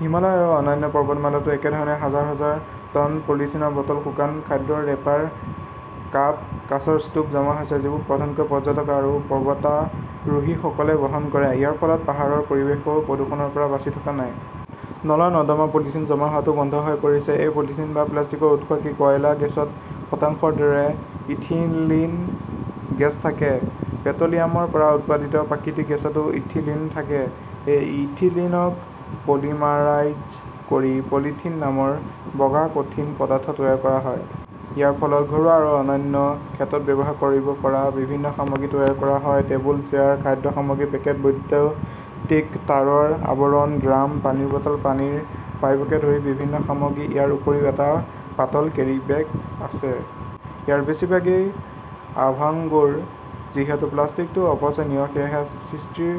হিমালয় আৰু অন্যান্য পৰ্বতমালাতো একেধৰণে হাজাৰ - হাজাৰ টন পলিথিনৰ বটল, শুকান খাদ্যৰ ৰেপাৰ, কাপ, কাঁচৰ স্তূপ জমা হৈছে, যিবোৰ প্ৰধানকৈ পৰ্যটক আৰু পৰ্বতাৰোহীসকলে বহন কৰে। ইয়াৰ ফলত পাহাৰৰ পৰিৱেশও প্ৰদূষণৰ পৰা বাচি থকা নাই। নলা-নৰ্দমা পলিথিন জমা হোৱাটো বন্ধ হৈ পৰিছে। এই পলিথিন বা প্লাষ্টিকৰ উৎস কি? কয়লা গেছত শতাংশৰ দৰে ইথিলিন গেছ থাকে। পেট্ৰ'লিয়ামৰ পৰা উৎপাদিত প্ৰাকৃতিক গেছতো ইথিলিন থাকে। এই ইথিলিনক পলিমাৰাইজ কৰি পলিথিন নামৰ বগা কঠিন পদাৰ্থ তৈয়াৰ কৰা হয়। ইয়াৰ পৰা ঘৰুৱা আৰু অন্যান্য ক্ষেত্ৰত ব্যৱহাৰ কৰিব পৰা বিভিন্ন সামগ্ৰী তৈয়াৰ কৰা হয়। টেবুল-চেয়াৰ, খাদ্য সামগ্ৰীৰ পেকেট, বৈদ্যুতিক তাঁৰৰ আৱৰণ, ড্ৰাম, পানীৰ বটল, পানীৰ পাইপকে ধৰি বিভিন্ন সামগ্ৰী। ইয়াৰ উপৰিও, এটা পাতল কেৰীবেগ আছে। ইয়াৰে বেছিভাগেই অভাংগুৰ। যিহেতু প্লাষ্টিকটো অপচনীয়, সেয়েহে সৃষ্টিৰ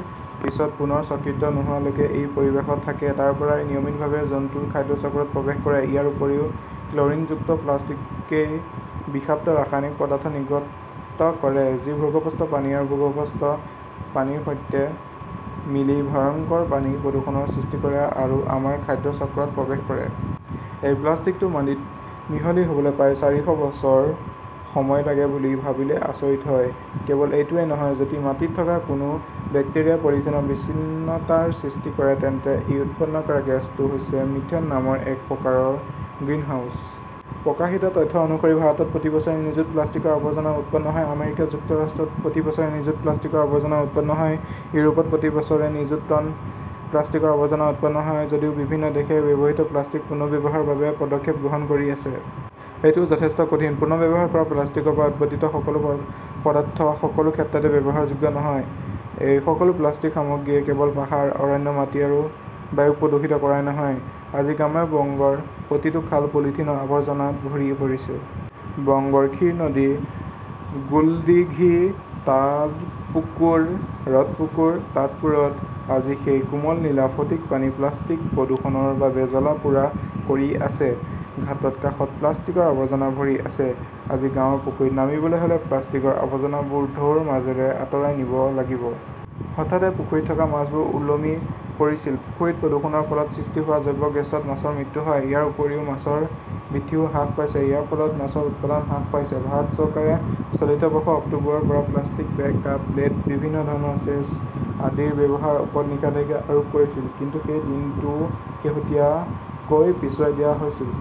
পিছত পুনৰ চক্ৰিত নোহোৱালৈকে ই পৰিৱেশত থাকে। তাৰ পৰাই নিয়মিতভাৱে জন্তুৰ খাদ্য চক্ৰত প্ৰৱেশ কৰে। ইয়াৰ উপৰিও ক্লৰিনযুক্ত প্লাষ্টিকই বিষাক্ত ৰাসায়নিক পদাৰ্থ নিৰ্গত কৰে। যি ভূগৰ্ভস্থ পানী আৰু ভূগৰ্ভস্থ পানীৰ সৈতে মিলি ভয়ংকৰ পানী প্ৰদূষণৰ সৃষ্টি কৰে আৰু আমাৰ খাদ্য চক্ৰত প্ৰৱেশ কৰে। এই প্লাষ্টিকটো মাটিত মিহলি হ'বলৈ প্ৰায় চাৰিশ বছৰ সময় লাগে বুলি ভাবিলে আচৰিত হয়। কেৱল এইটোৱেই নহয়, যদি মাটিত থকা কোনো বেক্টেৰিয়াই পলিথিনৰ বিচ্ছিন্নতাৰ সৃষ্টি কৰে, তেন্তে ই উৎপন্ন কৰা গেছটো হৈছে মিথেন নামৰ এক প্ৰকাৰৰ গ্ৰিনহাউজ গেছ। প্ৰকাশিত তথ্য অনুসৰি, ভাৰতত প্ৰতি বছৰে নিযুত প্লাষ্টিকৰ আৱৰ্জনা উৎপন্ন হয়। আমেৰিকা যুক্তৰাষ্ট্ৰত প্ৰতি বছৰে নিযুত প্লাষ্টিকৰ আৱৰ্জনা উৎপন্ন হয়। ইউৰোপত প্ৰতি বছৰে নিযুত টন প্লাষ্টিকৰ আৱৰ্জনা উৎপন্ন হয়। যদিও বিভিন্ন দেশে ব্যৱহৃত প্লাষ্টিক পুনৰ্ব্যৱহাৰৰ বাবে পদক্ষেপ গ্ৰহণ কৰি আছে। এইটোও যথেষ্ট কঠিন। পুনৰ্ব্যৱহাৰ কৰা প্লাষ্টিকৰ পৰা উৎপাদিত সকলো পদাৰ্থ সকলো ক্ষেত্ৰতে ব্যৱহাৰযোগ্য নহয়। এই সকলো প্লাষ্টিক সামগ্ৰীয়ে কেৱল পাহাৰ, অৰণ্য, মাটি আৰু বায়ুক প্ৰদূষিত কৰাই নহয়, আজি গ্ৰাম্য বংগৰ প্ৰতিটো খাল পলিথিনৰ আৱৰ্জনাত ভৰি পৰিছে। বংগৰ ক্ষীৰ নদী, গোল্ডিঘি, তালপুকুৰ, ৰডপুকুৰ, তাঁতপুৰত আজি সেই কোমল নীলা ফটিক পানী প্লাষ্টিক প্ৰদূষণৰ বাবে জ্বলা-পোৰা কৰি আছে। ঘাটৰ কাষত প্লাষ্টিকৰ আৱৰ্জনা ভৰি আছে। আজি গাঁৱৰ পুখুৰীত নামিবলৈ হ'লে প্লাস্তিকৰ আৱৰ্জনাবোৰ ঢৌৰ মাজেৰে আতৰাই নিব লাগিব। হঠাতে পুখুৰীত থকা মাছবোৰ ওলমি পৰিছিল। পুখুৰীত প্ৰদূষণৰ ফলত সৃষ্টি হোৱা জৈৱ গেছত মাছৰ মৃত্যু হয়। ইয়াৰ উপৰিও, মাছৰ বৃদ্ধিও হ্ৰাস পাইছে। ইয়াৰ ফলত মাছৰ উৎপাদনও হ্ৰাস পাইছে। ভাৰত চৰকাৰে চলিত বৰ্ষৰ অক্টোবৰৰ পৰা প্লাষ্টিকৰ বেগ, কাপ, প্লেট, বিভিন্ন ধৰণৰ চেচ আদিৰ ব্যৱহাৰৰ ওপৰত নিষেধাজ্ঞা আৰোপ কৰিছিল। কিন্তু সেই দিনটোও শেহতীয়াকৈ পিছুৱাই দিয়া হৈছিল।